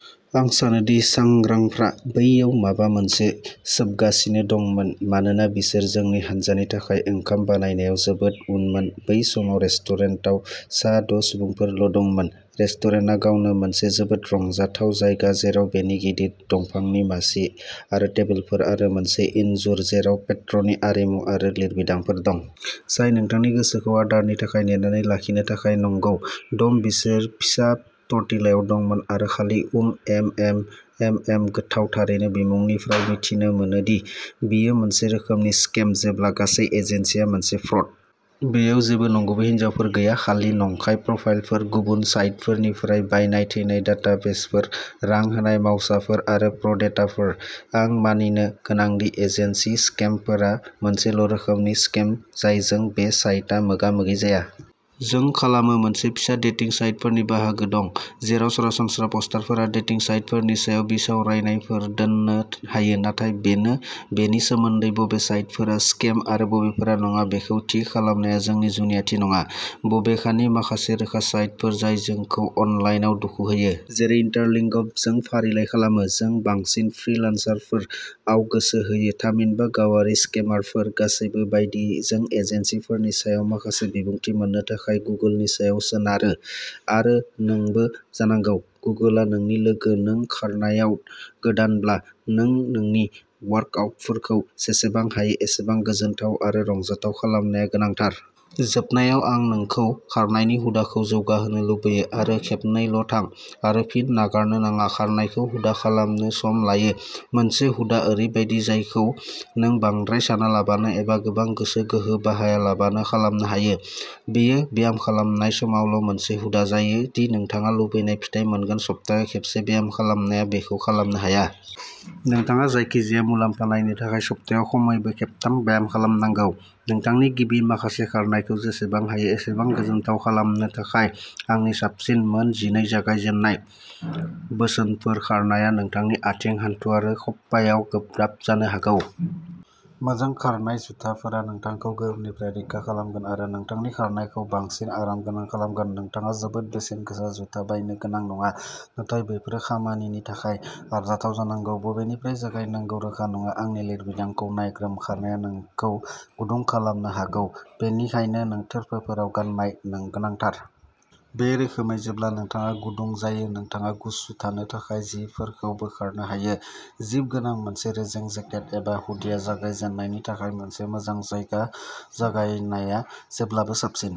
आं सानो दि सांग्रांफ्रा बैयाव माबा मोनसे सोबगासिनो दंमोन मानोना बिसोर जोंनि हान्जानि थाखाय ओंखाम बानायनायाव जोबोद उनमोन बै समाव रेस्टुरेन्टाव सा द' सुबुंफोरल' दंमोन। रेस्टुरेन्टआ गावनो मोनसे जोबोद रंजाथाव जायगा जेराव बेनि गिदिर दंफांनि मासि आरो टेबोलफोर आरो मोनसे इनजुर जेराव पेट्रननि आरिमु आरो लिरबिदांफोर दं। जाय नोंथांनि गोसोखौ आदारनि थाखाय नेनानै लाखिनो थाखाय नंगौ, डम बिसोर फिसा टर्टिलायाव दंमोन आरो खालि उम एमएम एमएम गोथाव थारैनो बिमुंनिफ्राय मिथिनो मोनोदि, बेयो मोनसे रोखोमनि स्केम जेब्ला गासै एजेन्सिआ मोनसे फ्रड। बैयाव जेबो नंगुबै हिनजावफोर गैया, खालि नंखाय प्रफाइलफोर, गुबुन साइटफोरनिफ्राय बायनाय "थैनाय" डाटाबेसफोर, रां होनाय मावसाफोर आरो प्र' डेटारफोर। आं मानिनो गोनां दि एजेन्सि स्केमफोरा मोनसेल' रोखोमनि स्केम जायजों बे साइटआ मोगा मोगि जाया। जों खालामो, मोनसे फिसा डेटिं साइटफोरनि बाहागो दं, जेराव सरासनस्रा पस्टारफोरा डेटिं साइटफोरनि सायाव बिसावरायनायफोर दोननो हायो, नाथाय बेनो बेनि सोमोन्दै बबे साइटफोरा स्केम आरो बबेफोरा नङा बेखौ थि खालामनाया जोंनि जुनियाथि नङा, बबेखानि माखासे रोखा साइटफोर जाय जोंखौ अनलाइनआव दुखु होयो। जेरै इन्टारलिंगभ जों फारिलाइ खालामो। जों बांसिन "फ्रीलान्सारफोर" आव गोसो होयो, थामहिनबा गावारि स्केमारफोर गासैबो बायदि जों एजेन्सिफोरनि सायाव माखासे बिबुंथि मोननो थाखाय गुगोलनि सायाव सोनारो, आरो नोंबो जानांगौ। गुगोलआ नोंनि लोगो नों खारनायाव गोदानब्ला, नों नोंनि वर्कआउटफोरखौ जेसेबां हायो एसेबां गोजोनथाव आरो रंजाथाव खालामनाया गोनांथार। जोबनायाव, आं नोंखौ खारनायनि हुदाखौ जौगाहोनो लुगैयो, आरो खेबनैल'थां आरो फिन नागारनो नाङा। खारनायखौ हुदा खालामनो सम लायो। मोनसे हुदाआ ओरैबायदि जायखौ नों बांद्राय सानालाबानो एबा गोबां गोसो गोहो बाहायालाबानो खालामनो हायो। बेयो ब्यामखालामनाय समावल' मोनसे हुदा जायो दि नोंथाङा लुबैनाय फिथाइ मोनगोन सप्तायाव खेबसे ब्याम खालामनाया बेखौ खालामनो हाया। नोंथाङा जायखिजाया मुलाम्फा नायनो थाखाय सप्तायाव खमैबो खेबथाम ब्याम खालामनांगौ। नोंथांनि गिबि माखासे खारनायखौ जेसेबां हायो एसेबां गोजोनथाव खालामनो थाखाय आंनि साबसिन मोन जिनै जागायजेननाय बोसोनफोर खारनाया नोंथांनि आथिं, हान्थु आरो खप्पायाव गोब्राब जानो हागौ। मोजां खारनाय जुथाफोरा नोंथांखौ गोहोमनिफ्राय रैखा खालामगोन आरो नोंथांनि खारनायखौ बांसिन आराम गोनां खालामगोन। नोंथाङा जोबोद बेसेन गोसा जुथा बायनो गोनां नङा, नाथाय बेफोरो खामानिनि थाखाय आरजाथाव जानांगौ। बबेनिफ्राय जागायनांगौ रोखा नङा। आंनि लिरबिदांखौ नायग्रोम, खारनाया नोंखौ गुदुं खालामनो हागौ बेनिखायनो थोरफोफोराव गाननाय गोनांथार। बे रोखोमै जेब्ला नोंथाङा गुदुं जायो, नोंथाङा गुसु थानो थाखाय जिफोरखौ बोखारनो हायो। जिप गोनां मोनसे रेजें जेकेट एबा हुडिया जागायजेन्नायनि थाखाय मोनसे मोजां जायगा। जागायनाया जेब्लाबो साबसिन।